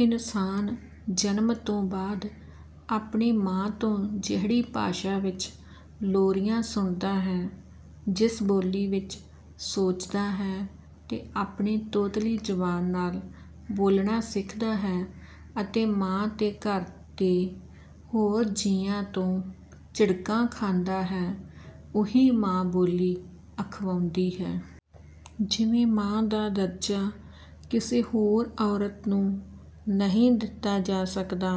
ਇਨਸਾਨ ਜਨਮ ਤੋਂ ਬਾਅਦ ਆਪਣੀ ਮਾਂ ਤੋਂ ਜਿਹੜੀ ਭਾਸ਼ਾ ਵਿੱਚ ਲੋਰੀਆਂ ਸੁਣਦਾ ਹੈ, ਜਿਸ ਬੋਲੀ ਵਿੱਚ ਸੋਚਦਾ ਹੈ ਤੇ ਆਪਣੀ ਤੋਤਲੀ ਜ਼ਬਾਨ ਨਾਲ ਬੋਲਣਾ ਸਿੱਖਦਾ ਹੈ ਅਤੇ ਮਾਂ ਤੇ ਘਰ ਦੇ ਹੋਰ ਜੀਆਂ ਤੋਂ ਝਿੜਕਾਂ ਖਾਂਦਾ ਹੈ, ਉਹੀ ਮਾਂ-ਬੋਲੀ ਅਖਵਾਉਂਦੀ ਹੈ। ਜਿਵੇਂ ਮਾਂ ਦਾ ਦਰਜਾ ਕਿਸੇ ਹੋਰ ਔਰਤ ਨੂੰ ਨਹੀਂ ਦਿੱਤਾ ਜਾ ਸਕਦਾ,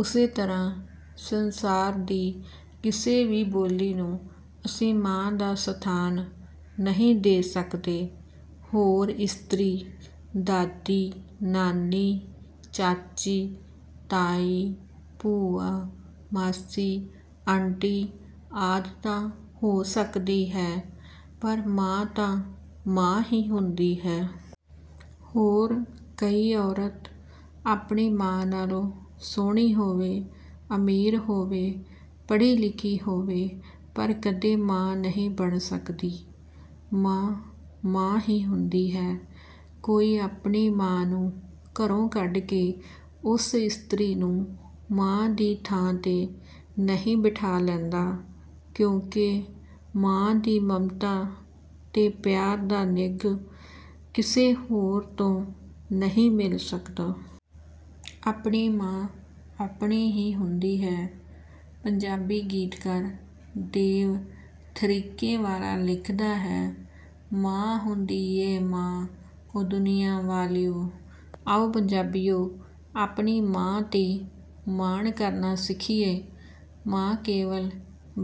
ਉਸੇ ਤਰ੍ਹਾਂ ਸੰਸਾਰ ਦੀ ਕਿਸੇ ਵੀ ਬੋਲੀ ਨੂੰ ਅਸੀਂ ਮਾਂ ਦਾ ਸਥਾਨ ਨਹੀਂ ਦੇ ਸਕਦੇ। ਹੋਰ ਇਸਤਰੀ ਦਾਦੀ, ਨਾਨੀ, ਚਾਚੀ, ਤਾਈ, ਭੂਆ, ਮਾਸੀ, ਆਂਟੀ ਆਦਿ ਤਾਂ ਹੋ ਸਕਦੀ ਹੈ, ਪਰ ਮਾਂ ਤਾਂ ਮਾਂ ਹੀ ਹੁੰਦੀ ਹੈ। ਹੋਰ ਕਈ ਔਰਤ ਆਪਣੀ ਮਾਂ ਨਾਲੋਂ ਸੋਹਣੀ ਹੋਵੇ, ਅਮੀਰ ਹੋਵੇ, ਪੜ੍ਹੀ-ਲਿਖੀ ਹੋਵੇ, ਪਰ ਕਦੇ ਮਾਂ ਨਹੀਂ ਬਣ ਸਕਦੀ। ਮਾਂ, ਮਾਂ ਹੀ ਹੁੰਦੀ ਹੈ। ਕੋਈ ਆਪਣੀ ਮਾਂ ਨੂੰ ਘਰੋਂ ਕੱਢ ਕੇ ਉਸ ਇਸਤਰੀ ਨੂੰ ਮਾਂ ਦੀ ਥਾਂ 'ਤੇ ਨਹੀਂ ਬਿਠਾ ਲੈਂਦਾ, ਕਿਉਂਕਿ ਮਾਂ ਦੀ ਮਮਤਾ ਤੇ ਪਿਆਰ ਦਾ ਨਿੱਘ ਕਿਸੇ ਹੋਰ ਤੋਂ ਨਹੀਂ ਮਿਲ ਸਕਦਾ। ਆਪਣੀ ਮਾਂ ਆਪਣੀ ਹੀ ਹੁੰਦੀ ਹੈ। ਪੰਜਾਬੀ ਗੀਤਕਾਰ ਦੇਵ ਥਰੀਕੇ ਵਾਲਾ ਲਿਖਦਾ ਹੈ - "ਮਾਂ ਹੁੰਦੀ ਏ ਮਾਂ ਓ ਦੁਨੀਆਂ ਵਾਲਿਓ" ਆਓ ਪੰਜਾਬੀਓ! ਆਪਣੀ ਮਾਂ 'ਤੇ ਮਾਣ ਕਰਨਾ ਸਿੱਖੀਏ। ਮਾਂ ਕੇਵਲ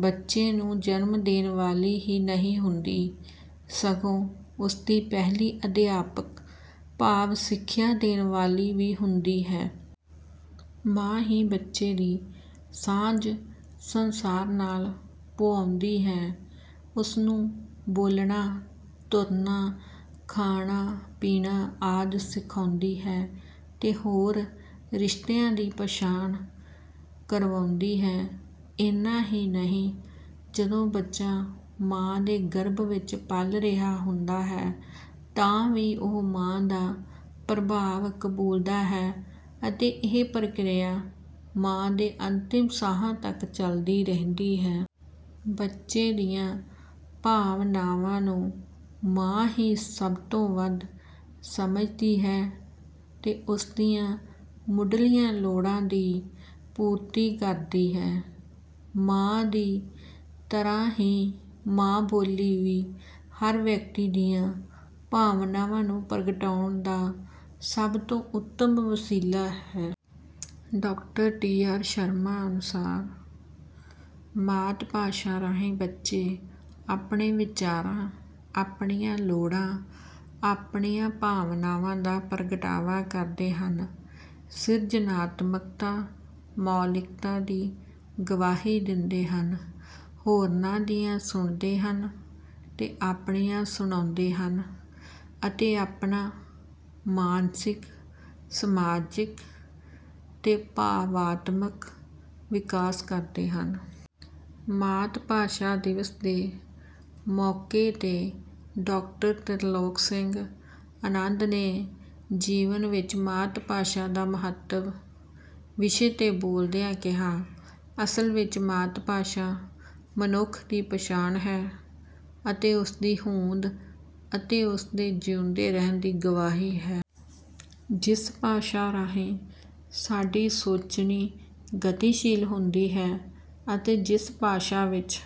ਬੱਚੇ ਨੂੰ ਜਨਮ ਦੇਣ ਵਾਲੀ ਹੀ ਨਹੀਂ ਹੁੰਦੀ, ਸਗੋਂ ਉਸ ਦੀ ਪਹਿਲੀ ਅਧਿਆਪਕ ਭਾਵ ਸਿੱਖਿਆ ਦੇਣ ਵਾਲੀ ਵੀ ਹੁੰਦੀ ਹੈ। ਮਾਂ ਹੀ ਬੱਚੇ ਦੀ ਸਾਂਝ ਸੰਸਾਰ ਨਾਲ ਪੁਆਉਂਦੀ ਹੈ। ਉਸਨੂੰ ਬੋਲਣਾ, ਤੁਰਨਾ, ਖਾਣਾ-ਪੀਣਾ ਆਦਿ ਸਿਖਾਉਂਦੀ ਹੈ ਤੇ ਹੋਰ ਰਿਸ਼ਤਿਆਂ ਦੀ ਪਛਾਣ ਕਰਵਾਉਂਦੀ ਹੈ। ਇੰਨਾ ਹੀ ਨਹੀਂ, ਜਦੋਂ ਬੱਚਾ ਮਾਂ ਦੇ ਗਰਭ ਵਿੱਚ ਪਲ ਰਿਹਾ ਹੁੰਦਾ ਹੈ, ਤਾਂ ਵੀ ਉਹ ਮਾਂ ਦਾ ਪ੍ਰਭਾਵ ਕਬੂਲਦਾ ਹੈ ਅਤੇ ਇਹ ਪ੍ਰਕਿਰਿਆ ਮਾਂ ਦੇ ਅੰਤਿਮ ਸਾਹਾਂ ਤੱਕ ਚਲਦੀ ਰਹਿੰਦੀ ਹੈ। ਬੱਚੇ ਦੀਆਂ ਭਾਵਨਾਵਾਂ ਨੂੰ ਮਾਂ ਹੀ ਸਭ ਤੋਂ ਵੱਧ ਸਮਝਦੀ ਹੈ ਤੇ ਉਸ ਦੀਆਂ ਮੁੱਢਲੀਆਂ ਲੋੜਾਂ ਦੀ ਪੂਰਤੀ ਕਰਦੀ ਹੈ। ਮਾਂ ਦੀ ਤਰ੍ਹਾਂ ਹੀ ਮਾਂ-ਬੋਲੀ ਵੀ ਹਰ ਵਿਅਕਤੀ ਦੀਆਂ ਭਾਵਨਾਵਾਂ ਨੂੰ ਪ੍ਰਗਟਾਉਣ ਦਾ ਸਭ ਤੋਂ ਉੱਤਮ ਵਸੀਲਾ ਹੈ। Doctor T. ਆਰ. ਸ਼ਰਮਾ ਅਨੁਸਾਰ - "ਮਾਤ-ਭਾਸ਼ਾ ਰਾਹੀਂ ਬੱਚੇ ਆਪਣੇ ਵਿਚਾਰਾਂ, ਆਪਣੀਆਂ ਲੋੜਾਂ, ਆਪਣੀਆਂ ਭਾਵਨਾਵਾਂ ਦਾ ਪ੍ਰਗਟਾਵਾ ਕਰਦੇ ਹਨ, ਸਿਰਜਣਾਤਮਕਤਾ, ਮੌਲਿਕਤਾ ਦੀ ਗਵਾਹੀ ਦਿੰਦੇ ਹਨ, ਹੋਰਨਾਂ ਦੀਆਂ ਸੁਣਦੇ ਹਨ ਤੇ ਆਪਣੀਆਂ ਸੁਣਾਉਂਦੇ ਹਨ ਅਤੇ ਆਪਣਾ ਮਾਨਸਿਕ, ਸਮਾਜਿਕ ਤੇ ਭਾਵਾਤਮਕ ਵਿਕਾਸ ਕਰਦੇ ਹਨ।" ਮਾਤ-ਭਾਸ਼ਾ ਦਿਵਸ ਦੇ ਮੌਕੇ 'ਤੇ ਡਾਕਟਰ ਤ੍ਰਿਲੋਕ ਸਿੰਘ ਅਨੰਦ ਨੇ "ਜੀਵਨ ਵਿੱਚ ਮਾਤ-ਭਾਸ਼ਾ ਦਾ ਮਹੱਤਵ" ਵਿਸ਼ੇ 'ਤੇ ਬੋਲਦਿਆਂ ਕਿਹਾ - "ਅਸਲ ਵਿੱਚ ਮਾਤ-ਭਾਸ਼ਾ ਮਨੁੱਖ ਦੀ ਪਛਾਣ ਹੈ ਅਤੇ ਉਸ ਦੀ ਹੋਂਦ ਅਤੇ ਉਸ ਦੇ ਜੀਉਂਦੇ ਰਹਿਣ ਦੀ ਗਵਾਹੀ ਹੈ। ਜਿਸ ਭਾਸ਼ਾ ਰਾਹੀਂ ਸਾਡੀ ਸੋਚਣੀ ਗਤੀਸ਼ੀਲ ਹੁੰਦੀ ਹੈ ਅਤੇ ਜਿਸ ਭਾਸ਼ਾ ਵਿੱਚ